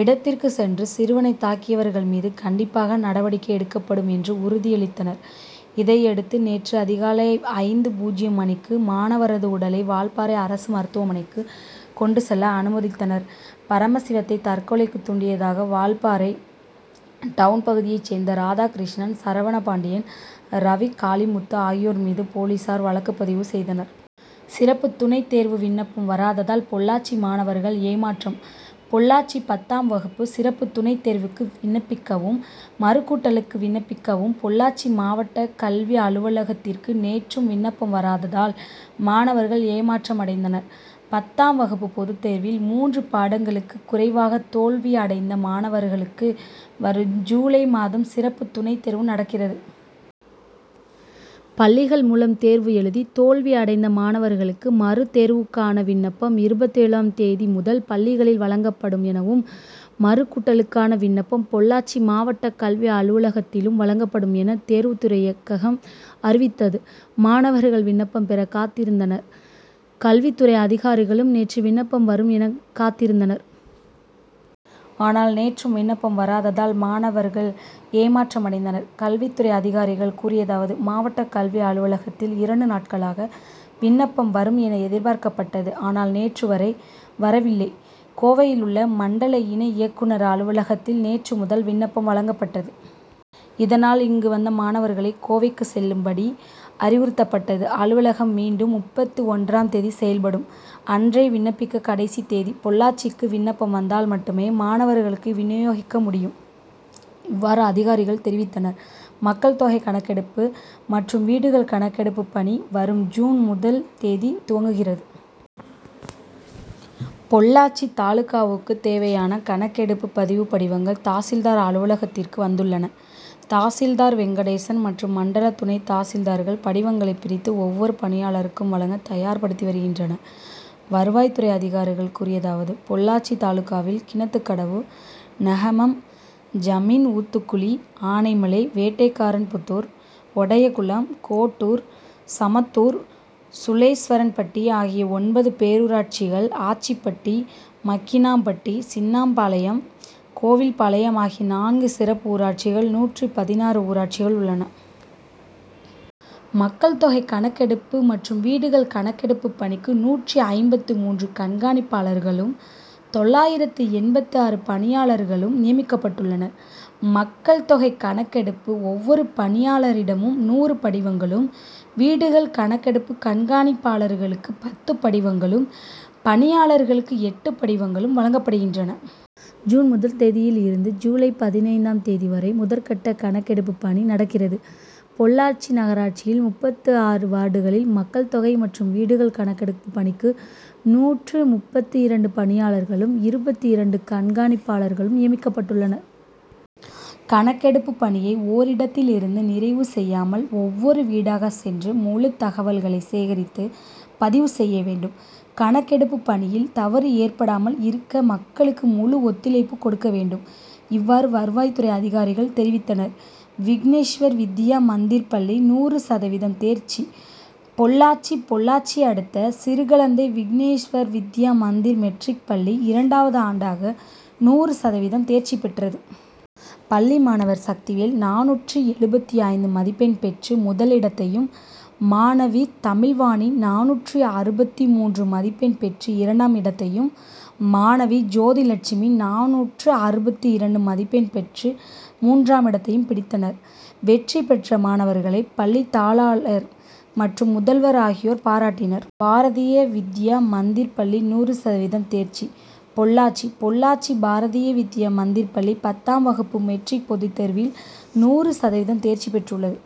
இடத்திற்கு சென்று, சிறுவனை தாக்கியவர்கள் மீது கண்டிப்பாக நடவடிக்கை எடுக்கப்படும் என்று உறுதியளித்தனர். இதையடுத்து நேற்று அதிகாலை ஐந்து.பூஜ்யம் மணிக்கு மாணவரது உடலை வால்பாறை அரசு மருத்துவமனைக்கு கொண்டு செல்ல அனுமதித்தனர். பரமசிவத்தை தற்கொலைக்கு தூண்டியதாக வால்பாறை டவுன் பகுதியை சேர்ந்த, ராதாகிருஷ்ணன், சரவணபாண்டியன், ரவி, காளிமுத்து ஆகியோர் மீது போலீசார் வழக்குப்பதிவு செய்தனர். சிறப்பு துணைத்தேர்வு விண்ணப்பம் வராததால் பொள்ளாச்சி மாணவர்கள் ஏமாற்றம் பொள்ளாச்சி பத்தாம் வகுப்பு சிறப்பு துணைத் தேர்வுக்கு விண்ணப்பிக்கவும், மறுக் கூட்டலுக்கு விண்ணப்பிக்கவும் பொள்ளாச்சி மாவட்ட கல்வி அலுவலகத்திற்கு நேற்றும் விண்ணப்பம் வராததால், மாணவர்கள் ஏமாற்ற மடைந்தனர். பத்தாம் வகுப்பு பொதுத்தேர்வில், மூன்று பாடங்களுக்கு குறைவாக தோல்வி அடைந்த மாணவர்களுக்கு வரும் ஜூலை மாதம் சிறப்பு துணைத்தேர்வு நடக்கிறது. பள்ளிகள் மூலம் தேர்வு எழுதி தோல்வி அடைந்த மாணவர்களுக்கு, மறுத்தேர்வுக்கான விண்ணப்பம் இருபத்தேழு ம் தேதி முதல் பள்ளிகளில் வழங்கப்படும் எனவும், மறுக்கூட்டலுக்கான விண்ணப்பம் பொள்ளாச்சி மாவட்ட கல்வி அலுவலகத்திலும் வழங்கப்படும் என, தேர்வுத்துறை இயக்ககம் அறிவித்தது. மாணவர்கள் விண்ணப்பம் பெற காத்திருந்தனர். கல்வித்துறை அதிகாரிகளும், நேற்று விண்ணப்பம் வரும் என காத் திருந்தனர். ஆனால், நேற்றும் விண்ணப்பம் வராததால், மாண வர்கள் ஏமாற்றமடைந்தனர். கல்வித் துறை அதிகாரிகள் கூறியதாவது மாவட்ட கல்வி அலுவலகத்தில், இரண்டு நாட்களாக விண்ணப்பம் வரும் என எதிர்பார்க்கப்பட்டது. ஆனால், நேற்று வரை வரவில்லை. கோவையிலுள்ள மண்டல இணை இயக் குனர் அலுவல கத்தில், நேற்று முதல் விண்ணப்பம் வழங்கப்பட்டது. இதனால், இங்கு வந்த மாணவர்களை கோவைக்கு செல்லும்படி அறிவுறுத்தப்பட்டது. அலுவலகம் மீண்டும் முப்பத்து ஒன்றாம் தேதி செயல்படும், அன்றே விண்ணப்பிக்க கடைசி தேதி. பொள்ளாச்சிக்கு விண் ணப்பம் வந்தால் மட்டுமே மாணவர்களுக்கு வினியோகிக்க முடியும். இவ்வாறு அதிகாரிகள் தெரிவித்தனர். மக்கள் தொகை கணக்கெடுப்பு மற்றும் வீடுகள் கணக்கெடுப்பு பணி வரும் ஜூன் முதல் தேதி துவங்குகிறது. பொள்ளாச்சி தாலுகாவுக்கு தேவையான கணக் கெடுப்பு பதிவு படிவங்கள் தாசில் தார் அலுவலகத்திற்கு வந்துள்ளன. தாசில்தார் வெங்கடேசன் மற்றும் மண்டல துணை தாசில்தார்கள் படிவங்களை பிரித்து ஒவ்வொரு பணியாளருக்கும் வழங்க தயார் படுத்தி வருகின்றனர். வருவாய்த்துறை அதிகாரிகள் கூறியதாவது பொள்ளாச்சி தாலுகாவில் கிணத்துக்கடவு, நெகமம், ஜமீன் ஊத்துக்குளி, ஆனைமலை, வேட்டைக்காரன்புதூர், ஒடைய குளம், கோட்டூர், சமத்தூர், சூளேஸ்வரன்பட்டி ஆகிய ஒன்பது பேரூராட்சிகள், ஆச்சிபட்டி, மாக்கினாம்பட்டி, சின்னாம் பாளையம், கோவில்பாளையம் ஆகிய நான்கு சிறப்பு ஊராட்சிகள், நூற்று பதினாறு ஊராட்சிகள் உள்ளன. மக்கள் தொகை கணக்கெடுப்பு மற்றும் வீடுகள் கணக்கெடுப்பு பணிக்கு நூற்று ஐம்பத்து மூன்று கண்காணிப்பாளர்களும், தொள்ளாயிரத்து எண்பத்து ஆறு பணியாளர்களும் நியமிக்கப்பட்டுள்ளனர். மக்கள் தொகை கணக்கெடுப்பு ஒவ்வொரு பணியாளரிடமும் நூறு படிவங்களும், வீடுகள் கணக் கெடுப்பு கண்காணிப்பாளர்களுக்கு பத்து படிவங்களும், பணி யாளர்களுக்கு எட்டு படிவங்களும் வழங்கப்படுகின்றன. ஜூன் முதல் தேதியில் இருந்து ஜூலை பதினைந்து ம் தேதி வரை முதற்கட்ட கணக்கெடுப்பு பணி நடக்கிறது. பொள்ளாச்சி நகராட்சியில் உள்ள முப்பத்து ஆறு வார்டுகளில் மக்கள் தொகை மற்றும் வீடுகள் கணக்கெடுப்பு பணிக்கு நூற்று முப்பத்து இரண்டு பணியாளர்களும், இருபத்து இரண்டு கண்காணிப் பாளர்களும் நியமிக்கப்பட்டுள்ளனர். கணக்கெடுப்பு பணியை ஓரிடத்தில் இருந்து நிறைவு செய்யாமல், ஒவ்வொரு வீடாக சென்று முழு தகவல்களை சேகரித்து பதிவு செய்ய வேண்டும். கணக்கெடுப்பு பணியில் தவறு ஏற்படாமல் இருக்க மக்களுக்கு முழு ஒத்துழைப்பு கொடுக்க வேண்டும். இவ்வாறு வருவாய்த்துறை அதிகாரிகள் தெரிவித்தனர். விக்னேஸ்வர் வித்யா மந்திர் பள்ளி நூறு சதவீதம் தேர்ச்சி பொள்ளாச்சி பொள்ளாச்சி அடுத்த சிறுக்களந்தை விக்னேஷ் வர் வித்யா மந்திர் மெட்ரிக் பள்ளி இரண்டாவது ஆண்டாக நூறு சதவீதம் தேர்ச்சி பெற்றது. பள்ளி மாணவர் சக்திவேல் நானூற்று எழுபத்து ஐந்து மதிப்பெண் பெற்று முதலிடத்தையும், மாணவி தமிழ்வாணி நானூற்று அறுபத்து மூன்று மதிப்பெண் பெற்று இரண்டாம் இடத்தையும், மாணவி ஜோதிலட்சுமி நானூற்று அறுபத்து இரண்டு மதிப்பெண் பெற்று மூன்றாமிடத்தையும் பிடித்தனர். வெற்றி பெற்ற மாணவர்களை பள்ளி தாளாளர் மற்றும் முதல்வர் ஆகியோர் பாராட்டினர். பாரதிய வித்யா மந்திர் பள்ளி நூறு சதவீதம் தேர்ச்சி பொள்ளாச்சி பொள்ளாச்சி பாரதிய வித்யா மந்திர் பள்ளி பத்தாம் வகுப்பு மெட்ரிக் பொதுத்தேர்வில், நூறு சதவீதம் தேர்ச்சி பெற்றுள்ளது.